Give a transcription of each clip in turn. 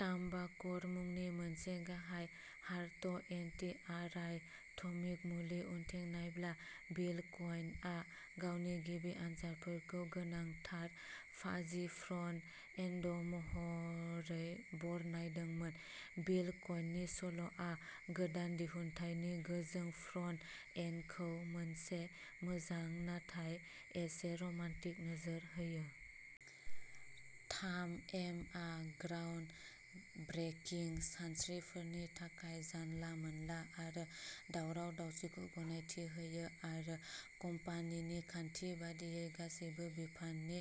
टामबक'र मुंनि मोनसे गाहाय हार्ट एन्टीआराइथमिक मुलि उनथिं नायब्ला बिल क'इनआ गावनि गिबि आनजादफोरखौ'गोनांथार फाजि फ्रन्ट एन्ड'महरै बरनायदोंमोन। बिल क'इननि सल'आ गोदान दिहुनथायनि गोजों फ्रन्ट एन्डखौ मोनसे मोजां नाथाय एसे रमान्टिक नोजोर होयो। थाम एमआ ग्राउन्ड ब्रेकिं सानस्रिफोरनि थाखाय जानला मोनला आरो दावराव दावसिखौ गनायथि होयो आरो कम्पानिनि खान्थि बायदियै गासैबो बिफाननि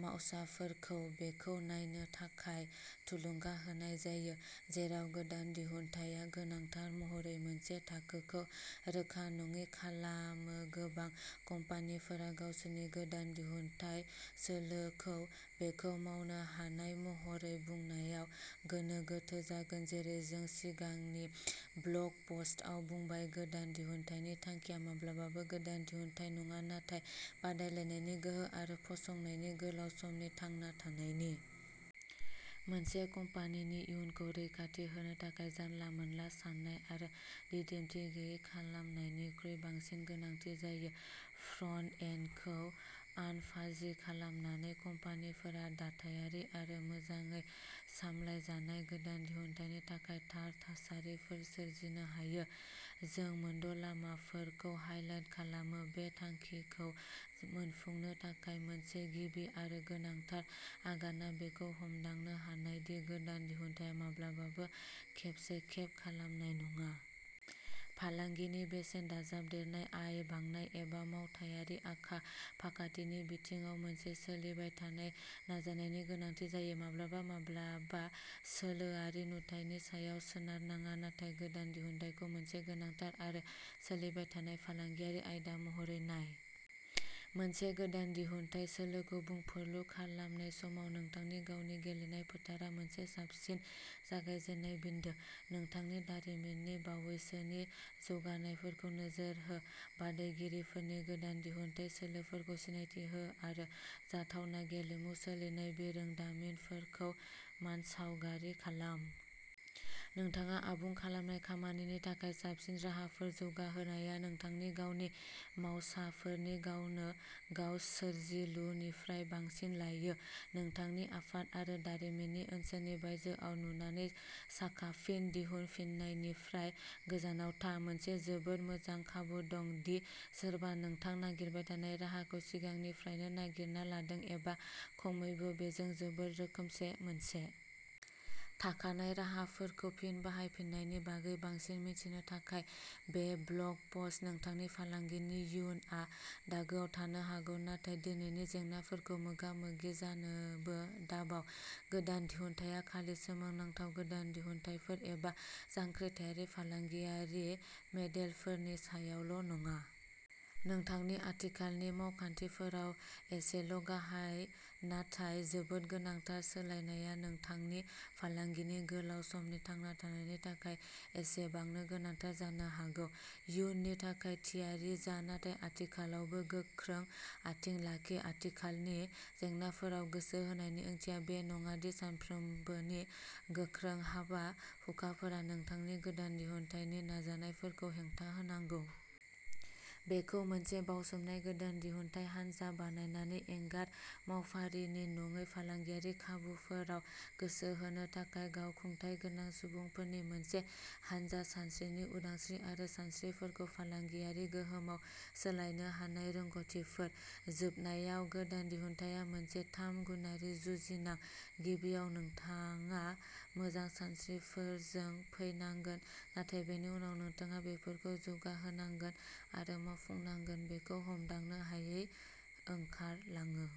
मावसाफोरखौ'बेखौ नायनो थाखाय'थुलुंगा होनाय जायो। जेराव गोदान दिहुनथाया गोनांथार महरै मोनसे थाखोखौ रोखा नङि खालामो गोबां कम्पानिफोरा गावसोरनि गोदान दिहुनथाइ सोलोखौ'बेखौ मावनो हानाय'महरै बुंनायाव गोनो गोथो जागोन जेरै जों सिगांनि ब्लग पस्टआव बुंबाय गोदान दिहुनथायनि थांखिया माब्लाबाबो गोदान दिहुनथाइ नङा नाथाय बादायलायनायनि गोहो आरो फसंथाननि गोलाव समनि थांना थानायनि। मोनसे कम्पानिनि इयुनखौ रैखाथि होनो थाखाय जानला मोनला साननाय आरो दिदोमथि गैयै खालामनायनिख्रुइ बांसिन गोनांथि जायो। फ्रन्ट एन्डखौ'आनफाजि'खालामनानै कम्पानिफोरा दाथायारि आरो मोजाङै सामलायजानाय गोदान दिहुनथायनि थाखाय थार थासारिफोर सोरजिनो हायो। जों मोनद'लामाफोरखौ हाईलाइट खालामो बे थांखिखौ मोनफुंनो थाखाय मोनसे गिबि आरो गोनांथार आगानआ बेखौ हमदांनो हानाय दि गोदान दिहुनथाया माब्लाबाबो खेबसे खेब खालामनाय नङा। फालांगिनि बेसेन दाजाबदेरनाया आय बांनाय एबा मावथायारि आखा फाखाथिनि बिथिङाव मोनसे सोलिबाय थानाय नाजानायनि गोनांथि जायो। माब्लाबा माब्लाबा सोलोआरि नुथायनि सायाव सोनारनाङा नाथाय गोदान दिहुनथायखौ मोनसे गोनांथार आरो सोलिबाय थानाय फालांगियारि आयदा महरै नाय। मोनसे गोदान दिहुनथाइ सोलोखौ बुंफुरलु खालामनाय समाव नोंथांनि गावनि गेलेनाय फोथारआ मोनसे साबसिन जागायजेननाय बिन्दो। नोंथांनि दारिमिननि बावैसोनि जौगानायफोरखौ नोजोर हो बादायगिरिफोरनि गोदान दिहुनथाइ सोलोफोरखौ सिनायथि हो आरो जाथावना गेलेमु सोलायनाय बिरोंदामिनफोरखौ मानसावगारि खालाम। नोंथाङा आबुं खालामनाय खामानिनि थाखाय साबसिन राहाफोर जौगाहोनाया नोंथांनि गावनि मावसाफोरनि गावनो गाव सोरजिलुनिफ्राय बांसिन लायो। नोंथांनि आफाद आरो दारिमिननि ओनसोलनि बायजोआव नुनानै साखा फिन दिहुनफिननायनिफ्राय गोजानाव था। मोनसे जोबोद मोजां खाबु दं दि सोरबा नोंथां नागिरबाय थानाय राहाखौ सिगांनिफ्रायनो नागिरना लादों एबा खमैबो बेजों जोबोद रोखोमसे मोनसे। थाखानाय राहाफोरखौ फिन बाहायफिन्नायनि बागै बांसिन मिथिनो थाखाय। बे ब्लग पस्ट। नोंथांनि फालांगिनि इयुनआ दागोआव थानो हागौ नाथाय दिनैनि जेंनाफोरजों मोगा मोगि जानोबो दाबाव। गोदान दिहुनथाया खालि सोमोनांथाव गोदान दिहुनथायफोर एबा जांख्रिथायारि फालांगियारि मेदेलफोरनि सायावल'नङा। नोंथांनि आथिखालनि मावखान्थिफोराव एसेल'गाहाय नाथाय जोबोद गोनांथार सोलायनायआ नोंथांनि फालांगिनि गोलाव समनि थांना थानायनि थाखाय एसेबांनो गोनांथार जानो हागौ। इयुननि थाखाय थियारि जा नाथाय आथिखालावबो गोख्रों आथिं लाखि। आथिखालनि जेंनाफोराव गोसो होनायनि ओंथिया बे नङा दि सानफ्रोमबोनि गोख्रों हाबा हुखाफोरा नोंथांनि गोदान दिहुनथायनि नाजानायफोरखौ हेंथा होनांगौ। बेखौ मोनसे बावसोमनाय गोदान दिहुनथाय हानजा बानायनानै एंगार मावफारिनि नङै फालांगियारि खाबुफोराव गोसो होनो थाखाय गावखुंथाय गोनां सुबुंफोरनि मोनसे हानजा सानस्रिनि उदांस्रि आरो सानस्रिफोरखौ फालांगियारि गोहोमआव सोलायनो हानाय रोंग'थिफोर। जोबनायाव गोदान दिहुनथाया मोनसे थाम गुनारि जुजिनां गिबियाव नोंथाङा मोजां सानस्रिफोरजों फैनांगोन नाथाय बेनि उनाव नोंथाङा बेफोरखौ जौगाहोनांगोन आरो मावफुंनांगोन। बेखौ हमदांनो हायै ओंखारलाङो।